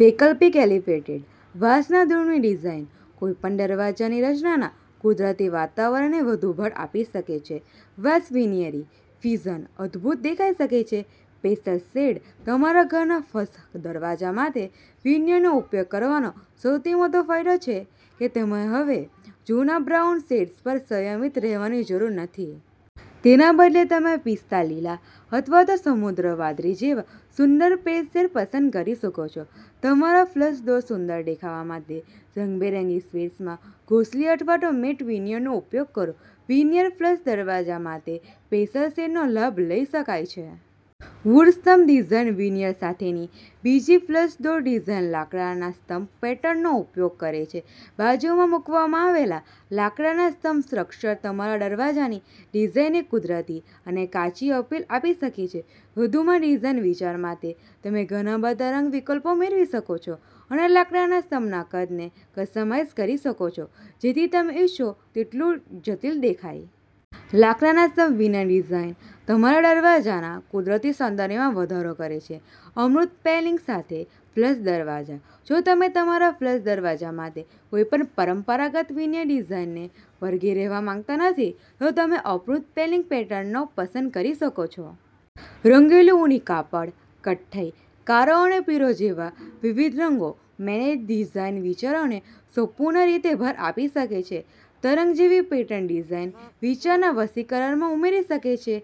વૈકલ્પિક એલિવેટેડ વાંસના ડોર ની ડિઝાઇન કોઈપણ દરવાજાની રચનાના કુદરતી વાતાવરણને વધુ ભાર આપી શકે છે. વાંસ વીનીયરી વિઝન અદ્ભુત દેખાઈ શકે છે. પેસ્ટલ શેડ તમારા ઘરના ફ્શ દરવાજા માટે વિનિયરનો ઉપયોગ કરવાનો સૌથી મોટો ફાયદો છે કે તમારે હવે જૂના બ્રાઉન શેડ્સ પર સંયમિત રહેવાની જરૂર નથી. તેના બદલે, તમે પિસ્તા લીલા અથવા સમુદ્ર વાદળી જેવા સુંદર પેસ્ટલ શેડ્સ પસંદ કરી શકો છો. તમારા ફ્લશ ડોર સુંદર દેખાવા માટે રંગબેરંગી શેડ્સમાં ગ્લોસી અથવા મેટ વિનિયરનો ઉપયોગ કરો. વિનિયર ફ્લશ દરવાજા માટે પેસ્ટલ શેડ્સનો લાભ લઈ શકાય છે. વુડ સ્ટમ્પ ડિઝાઇન વિનિયર સાથેની બીજી ફ્લશ ડોર ડિઝાઇન લાકડાના સ્ટમ્પ પેટર્નનો ઉપયોગ કરે છે. બાજુમાં મૂકવામાં આવેલા લાકડાના સ્ટમ્પ સ્ટ્રક્ચર્સ તમારા દરવાજાની ડિઝાઇનને કુદરતી અને કાચી અપીલ આપી શકે છે. વધુમાં, ડિઝાઇન વિચાર માટે, તમે ઘણા બધા રંગ વિકલ્પો મેળવી શકો છો અને લાકડાના સ્ટમ્પના કદને કસ્ટમાઇઝ કરી શકો છો, જેથી તમે ઇચ્છો તેટલું જટિલ દેખાય. લાકડાના સ્ટમ્પ વિન ડિઝાઇન તમારા દરવાજાના કુદરતી સૌંદર્યમાં વધારો કરે છે. અમૂર્ત પેનલિંગ સાથે ફ્લશ દરવાજા. જો તમે તમારા ફ્લશ દરવાજા માટે કોઈપણ પરંપરાગત વિનિયર ડિઝાઇનને વળગી રહેવા માંગતા નથી, તો તમે અમૂર્ત પેનલિંગ પેટર્ન નો પસંદ કરી શકો છો. રંગેલું ઊની કાપડ, કથ્થઈ, કાળો અને પીળો જેવા વિવિધ રંગો મેએ ડિઝાઇન વિચારને સપૂર્ણ રીતે ભાર આપી શકે છે. તરંગ જેવી પેટર્ન ડિઝાઇન વિચારના વશીકરણમાં ઉમેરી શકે છે.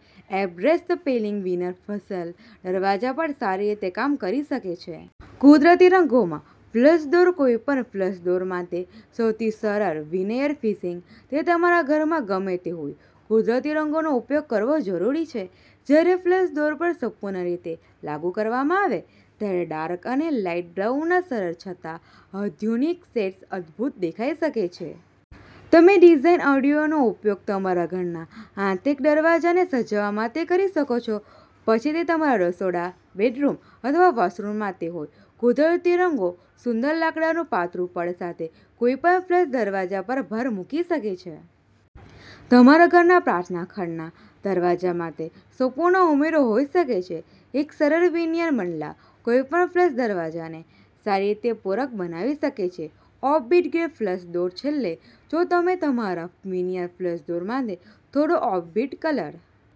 એબ્સ્ટ્રેક્ટ પેનલિંગ વિનર ફ્લશ દરવાજા પર સારી રીતે કામ કરી શકે છે. કુદરતી રંગોમાં ફ્લશ ડોર કોઈપણ ફ્લશ ડોર માટે સૌથી સરળ વિનિયર ફિશિંગ, તે તમારા ઘરમાં ગમે તે હોય, કુદરતી રંગોનો ઉપયોગ કરવો જરૂરી છે. જ્યારે ફ્લશ ડોર પર સંપૂર્ણ રીતે લાગુ કરવામાં આવે ત્યારે ડાર્ક અને લાઇટ બ્રાઉનના સરળ છતાં અત્યાધુનિક શેડ્સ અદ્ભુત દેખાઈ શકે છે. તમે ડિઝાઇન આઇડિયાનો ઉપયોગ તમારા ઘરના આંતરિક દરવાજાને સજાવવા માટે કરી શકો છો, પછી તે તમારા રસોડા, બેડરૂમ અથવા વૉશરૂમ માટે હોય. કુદરતી રંગો સુંદર લાકડાનું પાતળું પડ સાથે કોઈપણ ફ્લશ દરવાજા પર ભાર મૂકી શકે છે. તમારા ઘરના પ્રાર્થના ખંડના દરવાજા માટે સંપૂર્ણ ઉમેરો હોઈ શકે છે. એક સરળ વિનિયર મંડલા કોઈપણ ફ્લશ દરવાજાને સારી રીતે પૂરક બનાવી શકે છે ઓફબીટ ગ્રે ફ્લશ ડોર છેલ્લે, જો તમે તમારા વિનિયર ફ્લશ ડોર માટે થોડો ઓફબીટ કલર